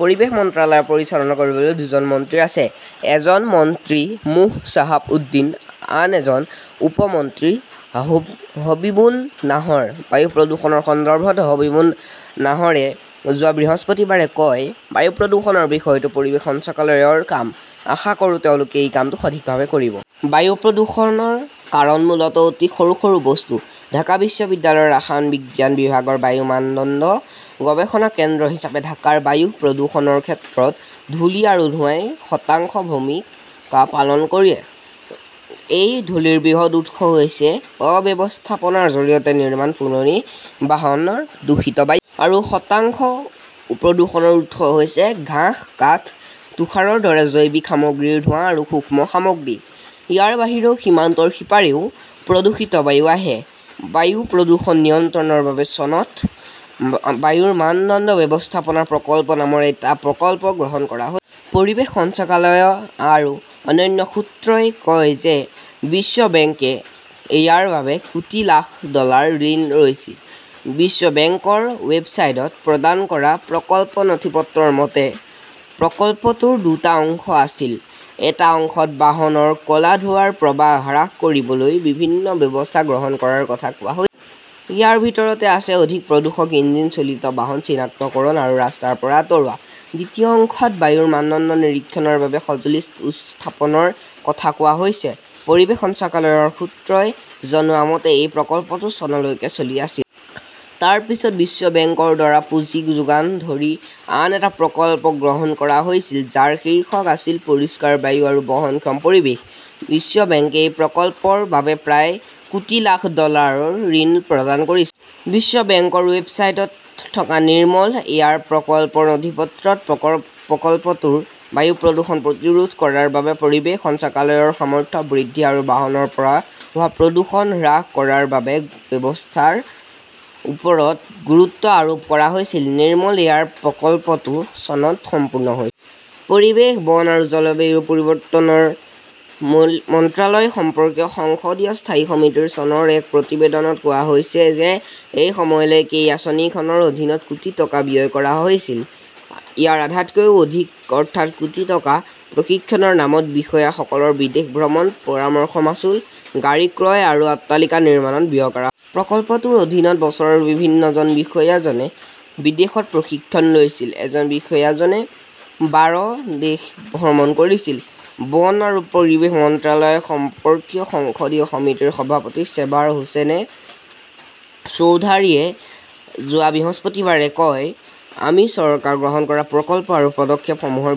পৰিৱেশ মন্ত্ৰালয় পৰিচালনা কৰিবলৈ দুজন মন্ত্ৰী আছে। এজন মন্ত্ৰী মো. শ্বাহাব উদ্দিন, আন এজন উপ-মন্ত্ৰী হবীবুন নাহৰ। বায়ু প্ৰদূষণৰ সন্দৰ্ভত হাবিবুন নাহৰে যোৱা বৃহস্পতিবাৰে কয়, "বায়ু প্ৰদূষণৰ বিষয়টো পৰিৱেশ সঞ্চালকালয়ৰ কাম। আশা কৰোঁ তেওঁলোকে সেই কামটো সঠিকভাৱে কৰিব। 'বায়ু প্ৰদূষণৰ কাৰণ মূলতঃ অতি সৰু সৰু বস্তু। ঢাকা বিশ্ববিদ্যালয়ৰ ৰসায়ন বিজ্ঞান বিভাগৰ বায়ু মানদণ্ড গৱেষণা কেন্দ্ৰ হিচাপে ঢাকাৰ বায়ু প্ৰদূষণৰ ক্ষেত্ৰত ধূলি আৰু ধোঁৱাই শতাংশ ভূমিকা পালন কৰে। এই ধূলিৰ বৃহৎ উৎস হৈছে অব্যৱস্থাপনাৰ জৰিয়তে নিৰ্মাণ, পুৰণি বাহনৰ দূষিত বায়ু। আৰু শতাংশ প্ৰদূষণৰ উৎস হৈছে ঘাঁহ, কাঠ, তুষাৰৰ দৰে জৈৱিক সামগ্ৰীৰ ধোঁৱা আৰু সূক্ষ্ম সামগ্ৰী। ইয়াৰ বাহিৰেও সীমান্তৰ সিপাৰেও প্ৰদূষিত বায়ু আহে। বায়ু প্ৰদূষণ নিয়ন্ত্ৰণৰ বাবে চনত বায়ুৰ মানদণ্ড ব্যৱস্থাপনা প্ৰকল্প নামৰ এটা প্ৰকল্প গ্ৰহণ কৰা হৈছিল। পৰিৱেশ সঞ্চালকালয় আৰু অন্যান্য সূত্ৰই কয় যে বিশ্ব বেংকে ইয়াৰ বাবে কোটি লাখ ডলাৰ ঋণ দিছিল। বিশ্ব বেংকৰ ৱেবছাইটত প্ৰদান কৰা প্ৰকল্প নথিপত্ৰৰ মতে, প্ৰকল্পটোৰ দুটা অংশ আছিল। এটা অংশত বাহনৰ ক 'লা ধোঁৱাৰ প্ৰবাহ হ্ৰাস কৰিবলৈ বিভিন্ন ব্যৱস্থা গ্ৰহণ কৰাৰ কথা কোৱা হৈছে। ইয়াৰ ভিতৰত আছে অধিক প্ৰদূষক ইঞ্জিন চালিত বাহন চিনাক্তকৰণ আৰু ৰাস্তাৰ পৰা আঁতৰোৱা। দ্বিতীয় অংশত বায়ুৰ মানদণ্ড নিৰীক্ষণৰ বাবে সঁজুলি স্থাপনৰ কথা কোৱা হৈছে। পৰিৱেশ সঞ্চালকালয়ৰ সূত্ৰই জনোৱা মতে এই প্ৰকল্পটো চনলৈকে চলি আছিল। তাৰ পিছত বিশ্ব বেংকৰ দ্বাৰা পুঁজি যোগান ধৰা আন এটা প্ৰকল্প গ্ৰহণ কৰা হৈছিল, যাৰ শীৰ্ষক আছিল পৰিষ্কাৰ বায়ু আৰু বহনক্ষম পৰিৱেশ। বিশ্ব বেংকে এই প্ৰকল্পৰ বাবে প্ৰায় কোটি লাখ ডলাৰৰ ঋণ প্ৰদান কৰিছে। বিশ্ব বেংকৰ ৱেবছাইটত থকা নিৰ্মল এয়াৰ প্ৰকল্পৰ নথিপত্ৰত প্ৰকল্পটোৰ বায়ু প্ৰদূষণ প্ৰতিৰোধ কৰাৰ বাবে পৰিৱেশ সঞ্চালকালয়ৰ সামৰ্থ্য বৃদ্ধি আৰু বাহনৰ পৰা হোৱা প্ৰদূষণ হ্ৰাস কৰাৰ বাবে ব্যৱস্থাপনাৰ ওপৰত গুৰুত্ব আৰোপ কৰা হৈছে। নিৰ্মল এয়াৰ প্ৰকল্পটো চনত সম্পূৰ্ণ হৈছিল। পৰিৱেশ, বন আৰু জলবায়ু পৰিৱৰ্তন মন্ত্ৰালয় সম্পৰ্কীয় সংসদীয় স্থায়ী সমিতিৰ চনৰ এক প্ৰতিবেদনত কোৱা হৈছে যে সেই সময়লৈকে এই আঁচনিখনৰ অধীনত কোটি টকা ব্যয় কৰা হৈছিল। ইয়াৰ আধাতকৈও অধিক, অৰ্থাৎ কোটি টকা, প্ৰশিক্ষণৰ নামত বিষয়াসকলৰ বিদেশ ভ্ৰমণ, পৰামৰ্শ মাচুল, গাড়ী ক্ৰয় আৰু অট্টালিকা নিৰ্মাণত ব্যয় কৰা হৈছিল। প্ৰকল্পটোৰ অধীনত বছৰৰ ভিতৰত জন বিষয়াজনে বিদেশত প্ৰশিক্ষণ লৈছিল। এজন বিষয়াজনে বাৰ বিদেশ ভ্ৰমণ কৰিছিল। বন আৰু পৰিৱেশ মন্ত্ৰালয় সম্পৰ্কীয় সংসদীয় সমিতিৰ সভাপতি চেবাৰ হোসেন চৌধুৰীয়ে যোৱা বৃহস্পতিবাৰে কয়, "আমি চৰকাৰে গ্ৰহণ কৰা প্ৰকল্প আৰু পদক্ষেপসমূহৰ বিষয়ে